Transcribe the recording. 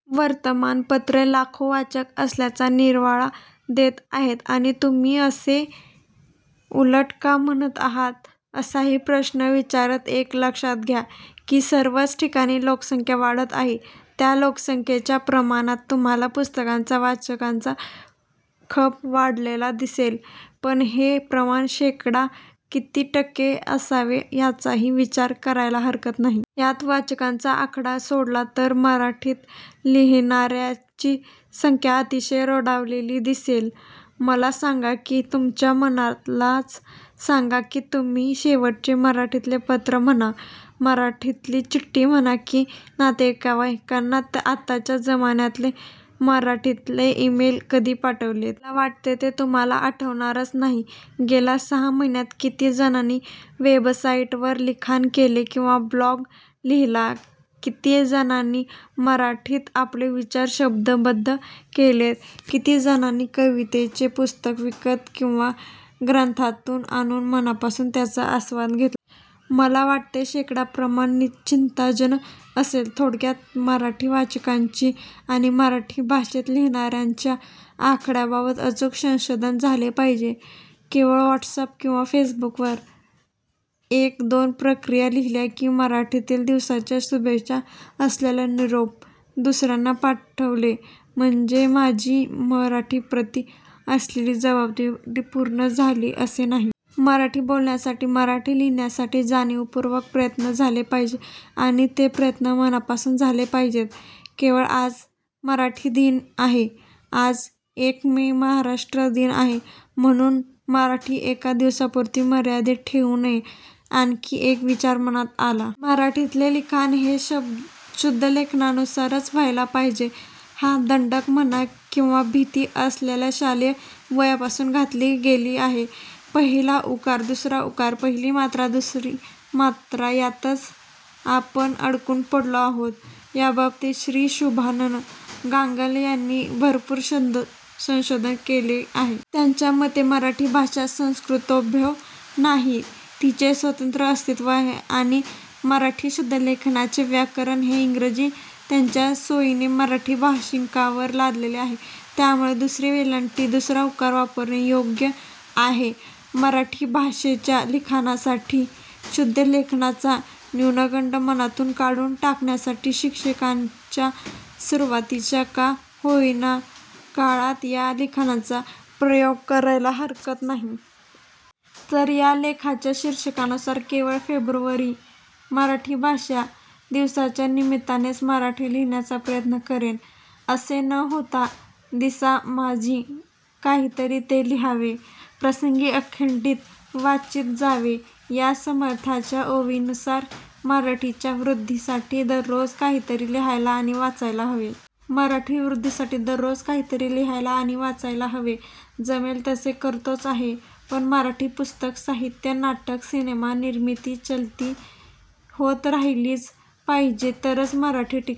वर्तमानपत्रे लाखो वाचक असल्याचा निर्वाळा देत आहेत आणि तुम्ही असे उलट का म्हणत आहात असाही प्रश्न विचाराल. एक लक्षात घ्या, की सर्वच ठिकाणी लोकसंख्या वाढत आहे. त्या लोकसंख्येच्या प्रमाणात तुम्हाला पुस्तकांचा, वाचकांचा खप वाढलेला दिसेल, पण हेच प्रमाण शेकडा किती टक्के असावे त्याचाही विचार करायला हरकत नाही. यात वाचकांचा आकडा सोडला तर मराठीत लिहीणार्यांची संख्या अतिशय रोडावलेली दिसेल. मला सांगा किंवा तुमच्या मनालाच सांगा की तुम्ही शेवटचे मराठीतले पत्र म्हणा, मराठीतली चिठ्ठी म्हणा किंवा नातेवाईकांना आताच्या जमानातले मराठीतले ईमेल कधी पाठवले? मला वाटते ते तुम्हाला आठवणारच नाही. गेल्या सहा महिन्यांत किती जणांनी वेबसाईटवर लिखाण केले? किंवा ब्लॉग लिहीला? किती जणांनी मराठीत आपले विचार शब्दबद्ध केलेत? किती जाणांनी कवितेचे पुस्तक विकत किंवा ग्रंथालयातून आणून मनापासून त्याचा आस्वाद घेतला? मला वाटते शेकडा प्रमाण चिंताजन असेल. थोडक्यात मराठी वाचकांची आणि मराठी भाषेत लिहीणार्यांच्या आकड्यांबाबत अचूक संशोधन झाले पाहिजे. केवळ व्हाटसअॅप किंवा फेसबूकवर एक दोन प्रतिक्रीया लिहील्या किंवा मराठीतील दिवसाच्या शुभेच्छा असलेले निरोप दुसर्यांना पाठवले म्हणजे माझी मराठीप्रती असलेली जबाबदारी पूर्ण झाली असे नाही. मराठी बोलण्यासाठी, मराठी लिहीण्यासाठी जाणीवपूर्वक प्रयत्न झाले पाहिजे. आणि ते प्रयत्न मनापासून झाले पाहिजे. केवळ आज मराठी दिन आहे, आज एक मे, महाराष्ट्र दिन आहे म्हणून मराठी एका दिवसापुरती मर्यादित ठेवू नये. आणखी एक विचार मनात आला. मराठीतले लिखाण हे शुद्धलेखनानुसारच व्हायला पाहिजे हा दंडक म्हणा किंवा भिती आपल्याला शालेय वयापासून घातली गेली आहे. पहिला उकार, दुसरा उकार, पहिली मात्रा दुसरी मात्रा यातच आपण अडकून पडलो आहोत. याबाबतीत श्री. शुभानन गांगल यांनी भरपुर संशोधन केले आहे. त्यांच्या मते मराठी भाषा संस्कृतोद्भव नाही. तिचे स्वतंत्र अस्तित्व आहे. आणि मराठी शुद्धलेखनाचे व्याकरण हे इंग्रजांनी त्यांच्या सोईने मराठी भाषीकांवर लादलेले आहे. त्यामुळे दुसरी वेलांटी, दुसरा उकार वापरणे योग्य आहे. मराठी भाषेच्या लिखाणासाठी, शुद्धलेखनाचा न्युनगंड मनातून काढून टाकण्यासाठी शिक्षणाच्या सुरूवातीच्या का होईना काळात या लिखाणाचा प्रयोग करायला हरकत नाही. तर या लेखाच्या शिर्षकानुसार केवळ " फेब्रुवरी, मराठी भाषा दिवसाच्या निमित्तानेमी मराठी लिहीण्याचा प्रयत्न करेन" असे न होता "दिसामाजी काहीतरी ते लिहावे। प्रसंगी अखंडित वाचीत जावे", या समर्थांच्या ओवीनुसात मराठीच्या वृद्धीसाठी दररोज काहीतरी लिहायला आणि वाचायला हवे. मराठीच्या वृद्धीसाठी दररोज काहीतरी लिहायला आणि वाचायला हवे. >> जमेल तसे करतोच आहे! पण मराठी पुस्तकं ाहित्य, नाटक, सिनेमा निर्मिती-चलती होत राहिलीच पाहिजे तरच 'मराठी' टिकेल <- असं